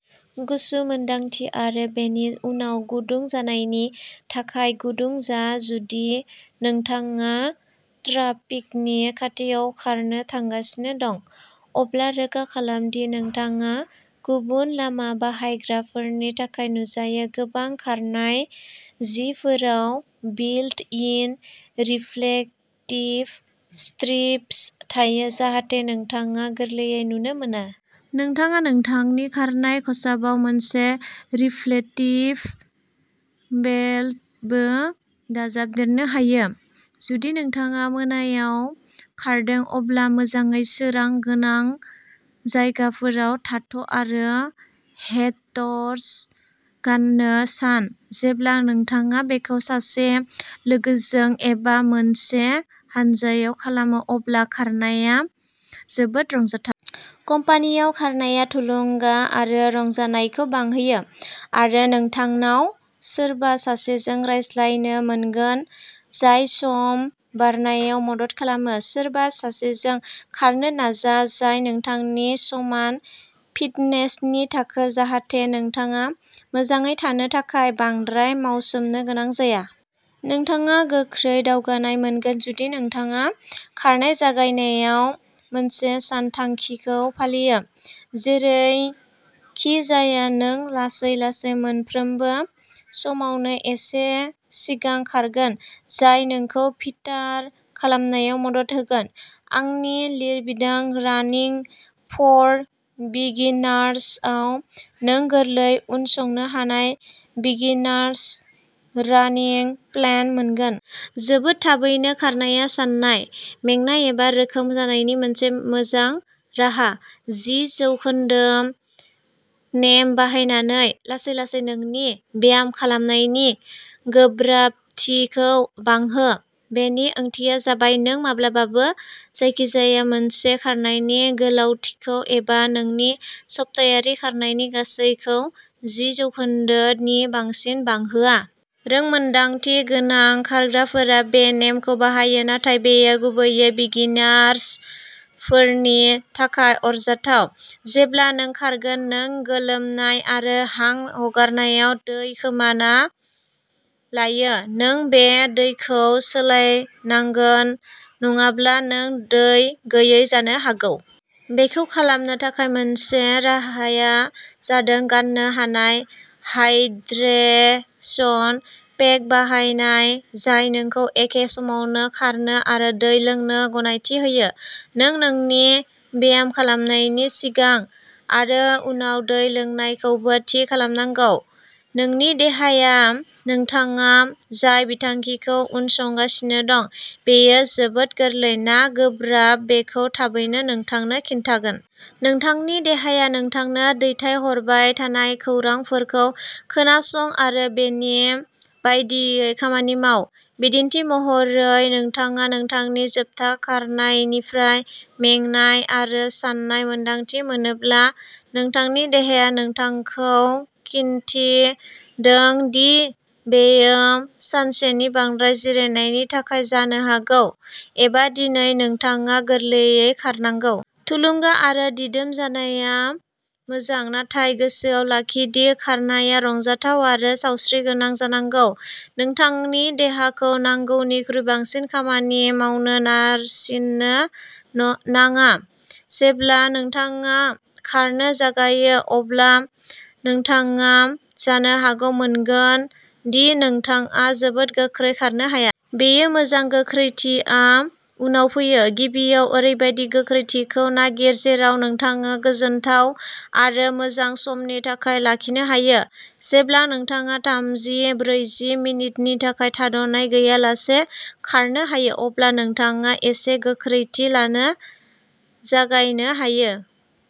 गुसु मोन्दांथि आरो बेनि उनाव गुदुं जानायनि थाखाय गुदुं जा जुदि नोंथाङा ट्राफिकनि खाथियाव खारनो थांगासिनो दं। अब्ला रोखा खालाम दि नोंथाङा गुबुन लामा बाहायग्राफोरनि थाखाय नुजायो। गोबां खारनाय जिफोराव बिल्ट इन रिफ्लेक्टिभ स्ट्रिप्स थायो, जाहाथे नोंथाङा गोरलैयै नुनो मोना। नोंथाङा नोंथांनि खारनाय खसाबाव मोनसे रिफ्लेक्टिभ बेल्टबो दाजाबदेरनो हायो। जुदि नोंथाङा मोनायाव खारदों, अब्ला मोजाङै सोरां गोनां जायगाफोराव थाथ'आरो हेडटर्च गान्नो सान। जेब्ला नोंथाङा बेखौ सासे लोगोजों एबा मोनसे हानजायाव खालामो अब्ला खारनाया जोबोद रंजाथाव। कम्पानीआव खारनाया थुलुंगा आरो रंजानायखौ बांहोयो, आरो नोंथांनाव सोरबा सासेजों रायज्लायनो मोनगोन जाय सम बारनायाव मदद खालामो। सोरबा सासेजों खारनो नाजा जाय नोंथांनि समान फिटनेसनि थाखो, जाहाथे नोंथाङा मोजाङै थानो थाखाय बांद्राय मावसोमनो गोनां जाया। नोंथाङा गोख्रै दावगानाय मोनगोन जुदि नोंथाङा खारनाय जागायनायाव मोनसे सानथांखिखौ फालियो। जेरैखिजाया, नों लासै लासै मोनफ्रोमबो समावनो एसे सिगां खारगोन जाय नोंखौ फिटार खालामनायाव मदद होगोन। आंनि लिरबिदां रानिं फर बिगिनार्सआव नों गोरलै उनसंनो हानाय बिगिनार्स रानिं प्लेन मोनगोन। जोबोद थाबैनो खारनाया सानाय, मेंनाय एबा जोखोम जानायनि मोनसे मोजां राहा। जि जौखोन्दो नेम बाहायनानै लासै लासै नोंनि ब्यामखालामनायनि गोब्राबथिखौ बांहो। बेनि ओंथिया जाबाय नों माब्लाबाबो जायखिजाया मोनसे खारनायनि गोलावथिखौ एबा नोंनि सप्तायारि खारनायनि गासैखौ जि जौखोन्दो नि बांसिन बांहोआ। रोंमोन्दांथि गोनां खारग्राफोरा बे नेमखौ बाहायो, नाथाय बेयो गुबैयै बिगिनार्सफोरनि थाखाय अरजाथाव। जेब्ला नों खारगोन, नों गोलोमनाय आरो हां हगारनायाव दै खोमाना लायो। नों बे दैखौ सोलायनांगोन, नङाब्ला नों दै गैयै जानो हागौ। बेखौ खालामनो थाखाय मोनसे राहाया जादों गान्नो हानाय हाइड्रेशन पेक बाहायनाय जाय नोंखौ एखे समावनो खारनो आरो दै लोंनो गनायथि होयो। नों नोंनि ब्यामखालामनायनि सिगां आरो उनाव दै लोंनायखौबो थि खालामनांगौ। नोंनि देहाया नोंथाङा जाय बिथांखिखौ उनसंगासिनो दं बेयो जोबोद गोरलै ना गोब्राब बेखौ थाबैनो नोंथांनो खिन्थागोन। नोंथांनि देहाया नोंथांनो दैथायहरबाय थानाय खौरांफोरखौ खोनासं आरो बेनि बायदियै खामानि माव। बिदिन्थि महरै, नोंथाङा नोंथांनि जोबथा खारनायनिफ्राय मेंनाय आरो सानाय मोन्दांथि मोनोब्ला, नोंथांनि देहाया नोंथांखौ खिन्थिदों दि बेयो सानसेनि बांद्राय जिरायनायनि थाखाय जानो हागौ, एबा दिनै नोंथाङा गोरलैयै खारनांगौ। थुलुंगा आरो दिदोम जानाया मोजां, नाथाय गोसोआव लाखि दि खारनाया रंजाथाव आरो सावस्रिगोनां जानांगौ। नोंथांनि देहाखौ नांगौनिख्रुइ बांसिन खामानि मावनो नारसिननो न नाङा। जेब्ला नोंथाङा खारनो जागायो, अब्ला नोंथाङा जानो हागौ मोनगोन दि नोंथाङा जोबोद गोख्रै खारनो हाया। बेयो मोजां गोख्रैथिया उनाव फैयो। गिबियाव, ओरैबायदि गोख्रैथिखौ नागिर जेराव नोंथाङा गोजोनथाव आरो मोजां समनि थाखाय लाखिनो हायो। जेब्ला नोंथाङा थामजि, ब्रैजि मिनिटनि थाखाय थाद'नाय गैयालासे खारनो हायो, अब्ला नोंथाङा एसे गोख्रैथि लानो जागायनो हायो।